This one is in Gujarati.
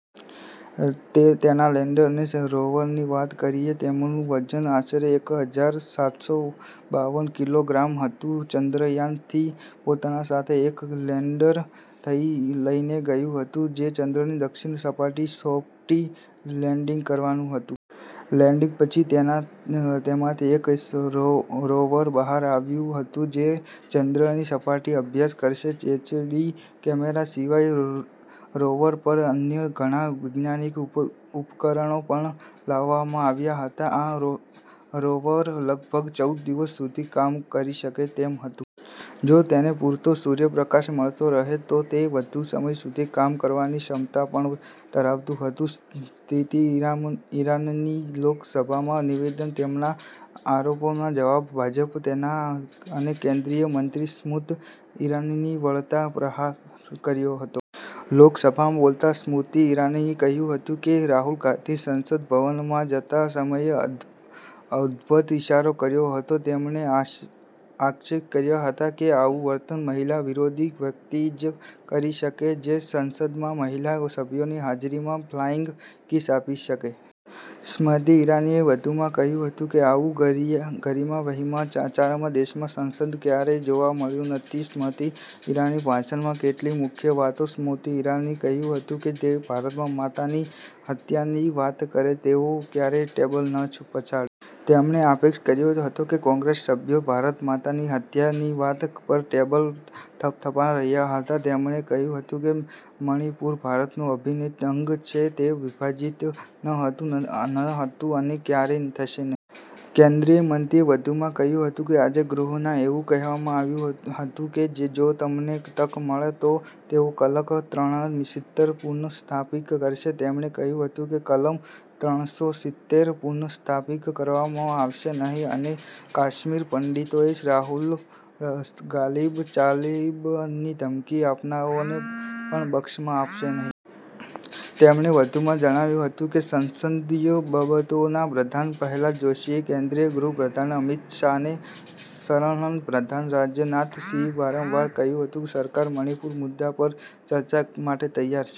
તેના લેન્ડર અને રોવરની વાત કરીએ તો, તેમનું વજન આશરે એક હજાર સાતસો બાવન કિલોગ્રામ હતું. ચંદ્રયાન-થ્રી પોતાની સાથે એક લેન્ડર લઈને ગયું હતું, જે ચંદ્રની દક્ષિણ સપાટી પર સોફ્ટ લેન્ડિંગ કરવાનું હતું. લેન્ડિંગ પછી, તેમાંથી એક રોવર બહાર આવવાનું હતું, જે ચંદ્રની સપાટીનો અભ્યાસ કરશે. એચડી કેમેરા સિવાય રોવર પર અન્ય ઘણા વૈજ્ઞાનિક ઉપકરણો પણ લગાવવામાં આવ્યા હતા. આ રોવર લગભગ ચૌદ દિવસ સુધી કામ કરી શકે તેમ હતું. જો તેને પૂરતો સૂર્યપ્રકાશ મળતો રહે, તો તે વધુ સમય સુધી કામ કરવાની ક્ષમતા પણ ધરાવતું હતું. સ્મૃતિ ઈરાનીનું લોકસભામાં નિવેદન તેમના આરોપોના જવાબમાં ભાજપના નેતા અને કેન્દ્રીય મંત્રી સ્મૃતિ ઈરાનીએ વળતો પ્રહાર કર્યો હતો. લોકસભામાં બોલતાં સ્મૃતિ ઈરાનીએ કહ્યું હતું કે, રાહુલ ગાંધી સંસદ ભવનમાંથી જતા સમયે અભદ્ર ઈશારો કર્યો હતો. તેમણે આક્ષેપ કર્યો હતો કે આવું વર્તન મહિલા વિરોધી વ્યક્તિ જ કરી શકે, જે સંસદમાં મહિલા સભ્યોની હાજરીમાં ફ્લાઈંગ કિસ આપી શકે. સ્મૃતિ ઈરાનીએ વધુમાં કહ્યું હતું કે આવું ગરિમા વિહીન આચરણ દેશની સંસદમાં ક્યારેય જોવા મળ્યું નથી. સ્મૃતિ ઈરાનીના ભાષણની કેટલીક મુખ્ય વાતો સ્મૃતિ ઈરાનીએ કહ્યું હતું કે જેઓ “ભારત માતાની હત્યા”ની વાત કરે છે, તેઓ ક્યારેય ટેબલ ન પછાડે. તેમણે આક્ષેપ કર્યો હતો કે કોંગ્રેસના સભ્યો “ભારત માતાની હત્યા”ની વાત પર ટેબલ થપથપાવી રહ્યા હતા. તેમણે કહ્યું હતું કે મણિપુર ભારતનું અભિન્ન અંગ છે. તે વિભાજિત ન હતું, નથી અને ક્યારેય થશે નહીં. કેન્દ્રીય મંત્રીએ વધુમાં કહ્યું હતું કે આજે ગૃહમાં એવું કહેવામાં આવ્યું હતું કે જો તેમને તક મળે તો તેઓ કલમ ત્રણસો સિત્તેર પુનઃસ્થાપિત કરશે. તેમણે કહ્યું હતું કે કલમ ત્રણસો સિત્તેર પુનઃસ્થાપિત કરવામાં આવશે નહીં અને કાશ્મીરી પંડિતોને “રાલિબ, ગાલિબ, ચાલીબ”ની ધમકી આપનારાઓને પણ બક્ષવામાં આવશે નહીં. તેમણે વધુમાં જણાવ્યું હતું કે સંસદીય બાબતોના પ્રધાન પ્રહલાદ જોશી, કેન્દ્રીય ગૃહ પ્રધાન અમિત શાહ અને સંરક્ષણ પ્રધાન રાજનાથ સિંહે વારંવાર કહ્યું છે કે સરકાર મણિપુર મુદ્દા પર ચર્ચા કરવા માટે તૈયાર છે.